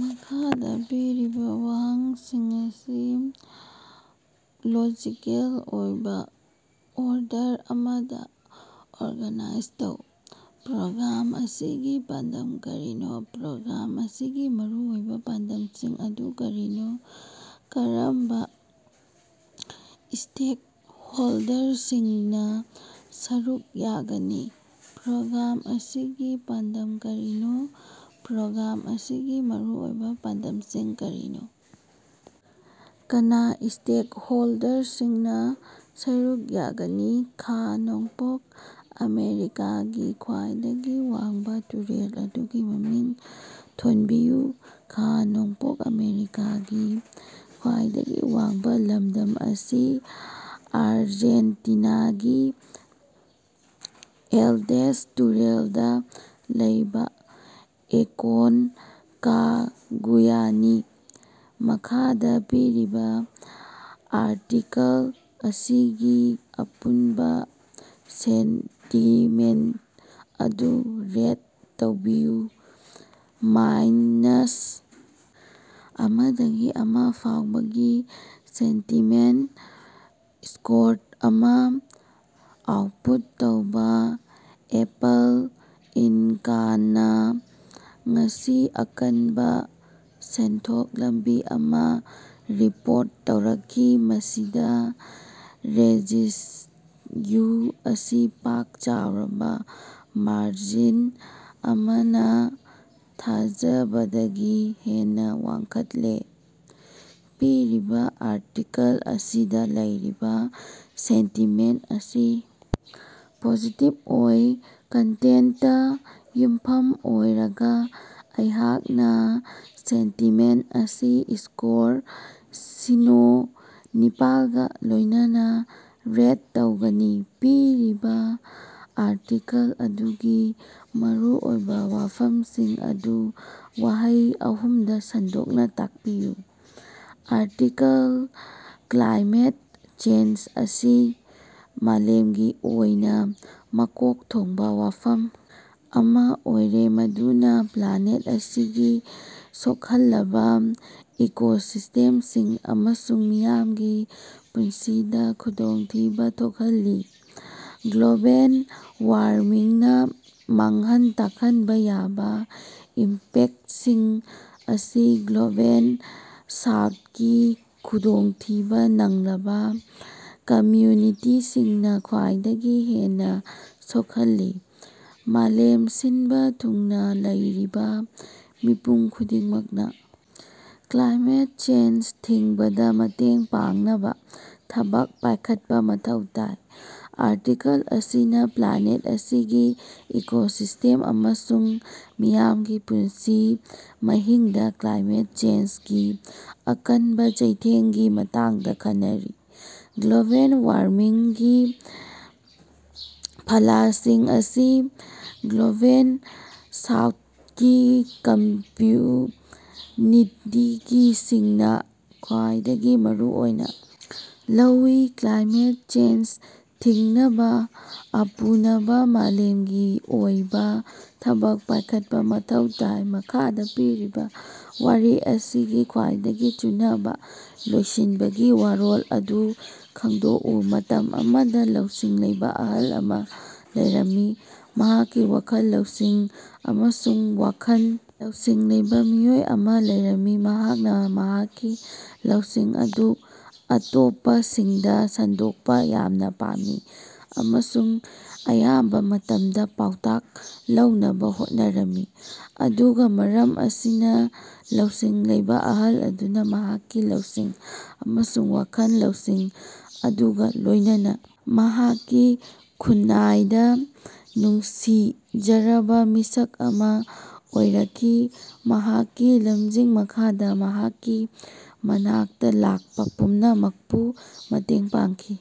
ꯃꯈꯥꯗꯥ ꯄꯤꯔꯤꯕꯥ ꯋꯥꯍꯪꯁꯤꯡ ꯑꯁꯤ ꯂꯣꯖꯤꯀꯦꯜ ꯑꯣꯏꯕꯥ ꯑꯣꯔꯗꯔ ꯑꯃꯗꯥ ꯑꯣꯔꯒꯥꯅꯥꯏꯖ ꯇꯧ꯫ ꯄ꯭ꯔꯣꯒ꯭ꯔꯥꯝ ꯑꯁꯤꯒꯤ ꯄꯥꯟꯗꯝ ꯀꯔꯤꯅꯣ? ꯄ꯭ꯔꯣꯒ꯭ꯔꯥꯝ ꯑꯁꯤꯒꯤ ꯃꯔꯨꯑꯣꯏꯕꯥ ꯄꯥꯟꯗꯝꯁꯤꯡ ꯑꯗꯨ ꯀꯔꯤꯅꯣ? ꯀꯔꯝꯕ ꯁ꯭ꯇꯦꯛꯍꯣꯜꯗꯔꯁꯤꯡꯅ ꯁꯔꯨꯛ ꯌꯥꯒꯅꯤ? ꯄ꯭ꯔꯣꯒ꯭ꯔꯥꯝ ꯑꯁꯤꯒꯤ ꯄꯥꯟꯗꯝ ꯀꯔꯤꯅꯣ? ꯄ꯭ꯔꯣꯒ꯭ꯔꯥꯝ ꯑꯁꯤꯒꯤ ꯃꯔꯨꯑꯣꯏꯕ ꯄꯥꯟꯗꯝꯁꯤꯡ ꯀꯔꯤꯅꯣ? ꯀꯅꯥ ꯁ꯭ꯇꯦꯛꯍꯣꯜꯗꯔꯁꯤꯡꯅ ꯁꯔꯨꯛ ꯌꯥꯒꯅꯤ? ꯈꯥ-ꯅꯣꯡꯄꯣꯛ ꯑꯥꯃꯦꯔꯤꯀꯥꯒꯤ ꯈ꯭ꯋꯥꯏꯗꯒꯤ ꯋꯥꯡꯕꯥ ꯇꯨꯔꯦꯜ ꯑꯗꯨꯒꯤ ꯃꯃꯤꯡ ꯊꯣꯟꯕꯤꯌꯨ꯫ ꯈꯥ-ꯅꯣꯡꯄꯣꯛ ꯑꯥꯃꯦꯔꯤꯀꯥꯒꯤ ꯈ꯭ꯋꯥꯏꯗꯒꯤ ꯋꯥꯡꯕꯥ ꯂꯝꯗꯝ ꯑꯁꯤ ꯑꯔꯖꯦꯟꯇꯤꯅꯥꯒꯤ ꯑꯦꯟꯗꯦꯁ ꯇꯨꯔꯦꯜꯗ ꯂꯩꯕ ꯑꯦꯀꯣꯟꯀꯥꯒꯨꯌꯥꯅꯤ꯫ ꯃꯈꯥꯗꯥ ꯄꯤꯔꯤꯕꯥ ꯑꯥꯔꯇꯤꯀꯦꯜ ꯑꯁꯤꯒꯤ ꯑꯄꯨꯟꯕ ꯁꯦꯟꯇꯤꯃꯦꯟꯇ ꯑꯗꯨ ꯔꯦꯠ ꯇꯧꯕꯤꯌꯨ꯫ ꯃꯥꯏꯅꯁ ꯑꯃꯗꯒꯤ ꯑꯃ ꯐꯥꯎꯕꯒꯤ ꯁꯦꯟꯇꯤꯃꯦꯟꯇ ꯁ꯭ꯀꯣꯔ ꯑꯃꯥ ꯑꯥꯎꯠꯄꯨꯠ ꯇꯧꯕꯥ꯫ ꯑꯦꯄꯜ ꯏꯟꯀꯅ ꯉꯁꯤ ꯑꯀꯟꯕꯥ ꯁꯦꯟꯊꯣꯛ ꯂꯝꯕꯤ ꯑꯃꯥ ꯔꯤꯄꯣꯔꯠ ꯇꯧꯔꯛꯈꯤ, ꯃꯁꯤꯗꯥ ꯔꯦꯚꯤꯟꯌꯨ ꯑꯁꯤ ꯄꯥꯛ ꯆꯥꯎꯔꯕ ꯃꯥꯔꯖꯤꯟ ꯑꯃꯅꯥ ꯊꯥꯖꯕꯗꯒꯤ ꯍꯦꯟꯅꯥ ꯋꯥꯡꯈꯠꯂꯦ꯫ ꯄꯤꯔꯤꯕꯥ ꯑꯥꯔꯇꯤꯀꯜ ꯑꯁꯤꯗꯥ ꯂꯩꯔꯤꯕ ꯁꯦꯟꯇꯤꯃꯦꯟꯇ ꯑꯁꯤ ꯄꯣꯖꯤꯇꯤꯕ ꯑꯣꯏ꯫ ꯀꯟꯇꯦꯟꯇꯇꯥ ꯌꯨꯝꯐꯝ ꯑꯣꯏꯔꯒꯥ ꯑꯩꯍꯥꯛꯅ ꯁꯦꯟꯇꯤꯃꯦꯟꯇ ꯑꯁꯤ ꯁ꯭ꯀꯣꯔ ꯁꯤꯅ‌ꯣ ꯅꯤꯄꯥꯟꯒꯥ ꯂꯣꯏꯅꯅꯥ ꯔꯦꯠ ꯇꯧꯒꯅꯤ꯫ ꯄꯤꯔꯤꯕꯥ ꯑꯥꯔꯇꯤꯀꯜ ꯑꯗꯨꯒꯤ ꯃꯔꯨꯑꯣꯏꯕꯥ ꯋꯥꯐꯝꯁꯤꯡ ꯑꯗꯨ ꯋꯥꯍꯩ ꯑꯍꯨꯝꯗꯥ ꯁꯟꯗꯣꯛꯅ ꯇꯥꯛꯄꯤꯌꯨ꯫ ꯑꯥꯔꯇꯤꯀꯜ: ꯀ꯭ꯂꯥꯏꯃꯦꯠ ꯆꯦꯟꯖ ꯑꯁꯤ ꯃꯥꯂꯦꯝꯒꯤ ꯑꯣꯏꯅꯥ ꯃꯀꯣꯛ ꯊꯣꯡꯕꯥ ꯋꯥꯐꯝ ꯑꯃꯥ ꯑꯣꯏꯔꯦ ꯃꯗꯨꯅꯥ ꯄ꯭ꯂꯥꯅꯦꯠ ꯑꯁꯤꯒꯤ ꯁꯣꯛꯍꯜꯂꯕꯥ ꯏꯀꯣꯁꯤꯁ꯭ꯇꯦꯝꯁꯤꯡ ꯑꯃꯁꯨꯡ ꯃꯤꯌꯥꯝꯒꯤ ꯄꯨꯟꯁꯤꯗ ꯈꯨꯗꯣꯡꯊꯤꯕꯥ ꯊꯣꯛꯍꯜꯂꯤ꯫ ꯒ꯭ꯂꯣꯕꯦꯜ ꯋꯥꯔꯃꯤꯡꯅ ꯃꯥꯡꯍꯟ ꯇꯥꯛꯍꯟꯕ ꯌꯥꯕ ꯏꯝꯄꯦꯛꯇꯁꯤꯡ ꯑꯁꯤ ꯒ꯭ꯂꯣꯕꯦꯜ ꯁꯥꯎꯠꯀꯤ ꯈꯨꯗꯣꯡꯊꯤꯕ ꯅꯪꯂꯕ ꯀꯃꯌꯨꯅꯤꯇꯤꯁꯤꯡꯅꯥ ꯈ꯭ꯋꯥꯏꯗꯒꯤ ꯍꯦꯟꯅꯥ ꯁꯣꯛꯍꯜꯂꯤ꯫ ꯃꯥꯂꯦꯝ ꯁꯤꯟꯕꯥ ꯊꯨꯡꯅꯥ ꯂꯩꯔꯤꯕꯥ ꯃꯤꯄꯨꯝ ꯈꯨꯗꯤꯡꯃꯛꯅꯥ ꯀ꯭ꯂꯥꯏꯃꯦꯠ ꯆꯦꯟꯖ ꯊꯤꯡꯕꯗꯥ ꯃꯇꯦꯡ ꯄꯥꯡꯅꯕꯥ ꯊꯕꯛ ꯄꯥꯏꯈꯠꯄꯥ ꯃꯊꯧ ꯇꯥꯏ꯫ ꯑꯥꯔꯇꯤꯀꯜ ꯑꯁꯤꯅꯥ ꯄ꯭ꯂꯥꯅꯦꯠ ꯑꯁꯤꯒꯤ ꯏꯀꯣꯁꯤꯁ꯭ꯇꯦꯝ ꯑꯃꯁꯨꯡ ꯃꯤꯌꯥꯝꯒꯤ ꯄꯨꯟꯁꯤ ꯃꯍꯤꯡꯗꯥ ꯀ꯭ꯂꯥꯏꯃꯦꯠ ꯆꯦꯟꯖꯒꯤ ꯑꯀꯟꯕꯥ ꯆꯩꯊꯦꯡꯒꯤ ꯃꯇꯥꯡꯗ ꯈꯟꯅꯔꯤ꯫ ꯒ꯭ꯂꯣꯕꯦꯜ ꯋꯥꯔꯃꯤꯡꯒꯤ ꯐꯂꯁꯤꯡ ꯑꯁꯤ ꯒ꯭ꯂꯣꯕꯦꯜ ꯁꯥꯎꯊꯀꯤ ꯀꯝꯌꯨꯅꯤꯇꯤꯁꯤꯡꯅꯥ ꯈ꯭ꯕꯥꯏꯗꯒꯤ ꯃꯔꯨꯑꯣꯏꯅꯥ ꯂꯧꯏ꯫ ꯀ꯭ꯂꯥꯏꯃꯦꯠ ꯆꯦꯟꯖ ꯊꯤꯡꯅꯕꯥ ꯑꯄꯨꯅꯕꯥ ꯃꯥꯂꯦꯃꯒꯤ ꯑꯣꯏꯕꯥ ꯊꯕꯛ ꯄꯥꯌꯈꯠꯄꯥ ꯃꯊꯧ ꯇꯥꯏ꯫ ꯃꯈꯥꯗꯥ ꯄꯤꯔꯤꯕꯥ ꯋꯥꯔꯤ ꯑꯁꯤꯒꯤ ꯈ꯭ꯋꯥꯏꯗꯒꯤ ꯆꯨꯅꯕꯥ ꯂꯣꯏꯁꯤꯟꯕꯒꯤ ꯋꯥꯔꯣꯜ ꯑꯗꯨ ꯈꯪꯗꯣꯛꯎ꯫ ꯃꯇꯝ ꯑꯃꯗꯥ ꯂꯧꯁꯤꯡ ꯂꯩꯕꯥ ꯑꯍꯜ ꯑꯃꯥ ꯂꯩꯔꯝꯃꯤ, ꯃꯍꯥꯛꯀꯤ ꯋꯥꯈꯜ ꯂꯧꯁꯤꯡ ꯑꯃꯁꯨꯡ ꯋꯥꯈꯜ ꯂꯧꯁꯤꯡ ꯂꯩꯕꯥ ꯃꯤꯑꯣꯏ ꯑꯃꯥ ꯂꯩꯔꯝꯃꯤ꯫ ꯃꯍꯥꯛꯅꯥ ꯃꯍꯥꯛꯀꯤ ꯂꯧꯁꯤꯡ ꯑꯗꯨ ꯑꯇꯣꯞꯄꯁꯤꯡꯗꯥ ꯁꯟꯗꯣꯛꯄꯥ ꯌꯥꯝꯅꯥ ꯄꯥꯝꯃꯤ ꯑꯃꯁꯨꯡ ꯑꯌꯥꯝꯕꯥ ꯃꯇꯝꯗꯥ ꯄꯥꯎꯇꯥꯛ ꯂꯧꯅꯕꯥ ꯍꯣꯠꯅꯔꯝꯃꯤ꯫ ꯑꯗꯨꯒꯥ ꯃꯔꯝ ꯑꯁꯤꯅꯥ, ꯂꯧꯁꯤꯡ ꯂꯩꯕꯥ ꯑꯍꯜ ꯑꯗꯨꯅꯥ ꯃꯍꯥꯛꯀꯤ ꯂꯧꯁꯤꯡ ꯑꯃꯁꯨꯡ ꯋꯥꯈꯜ ꯂꯧꯁꯤꯡ ꯑꯗꯨꯒꯥ ꯂꯣꯏꯅꯅꯥ ꯃꯍꯥꯛꯀꯤ ꯈꯨꯟꯅꯥꯏꯗꯥ ꯅꯨꯡꯁꯤꯖꯔꯕꯥ ꯃꯤꯁꯛ ꯑꯃꯥ ꯑꯣꯏꯔꯛꯈꯤ, ꯃꯍꯥꯛꯀꯤ ꯂꯝꯖꯤꯡ ꯃꯈꯥꯗꯥ ꯃꯍꯥꯛꯀꯤ ꯃꯅꯥꯛꯇꯥ ꯂꯥꯛꯄꯥ ꯄꯨꯝꯅꯃꯛꯄꯨ ꯃꯇꯦꯡ ꯄꯥꯡꯈꯤ꯫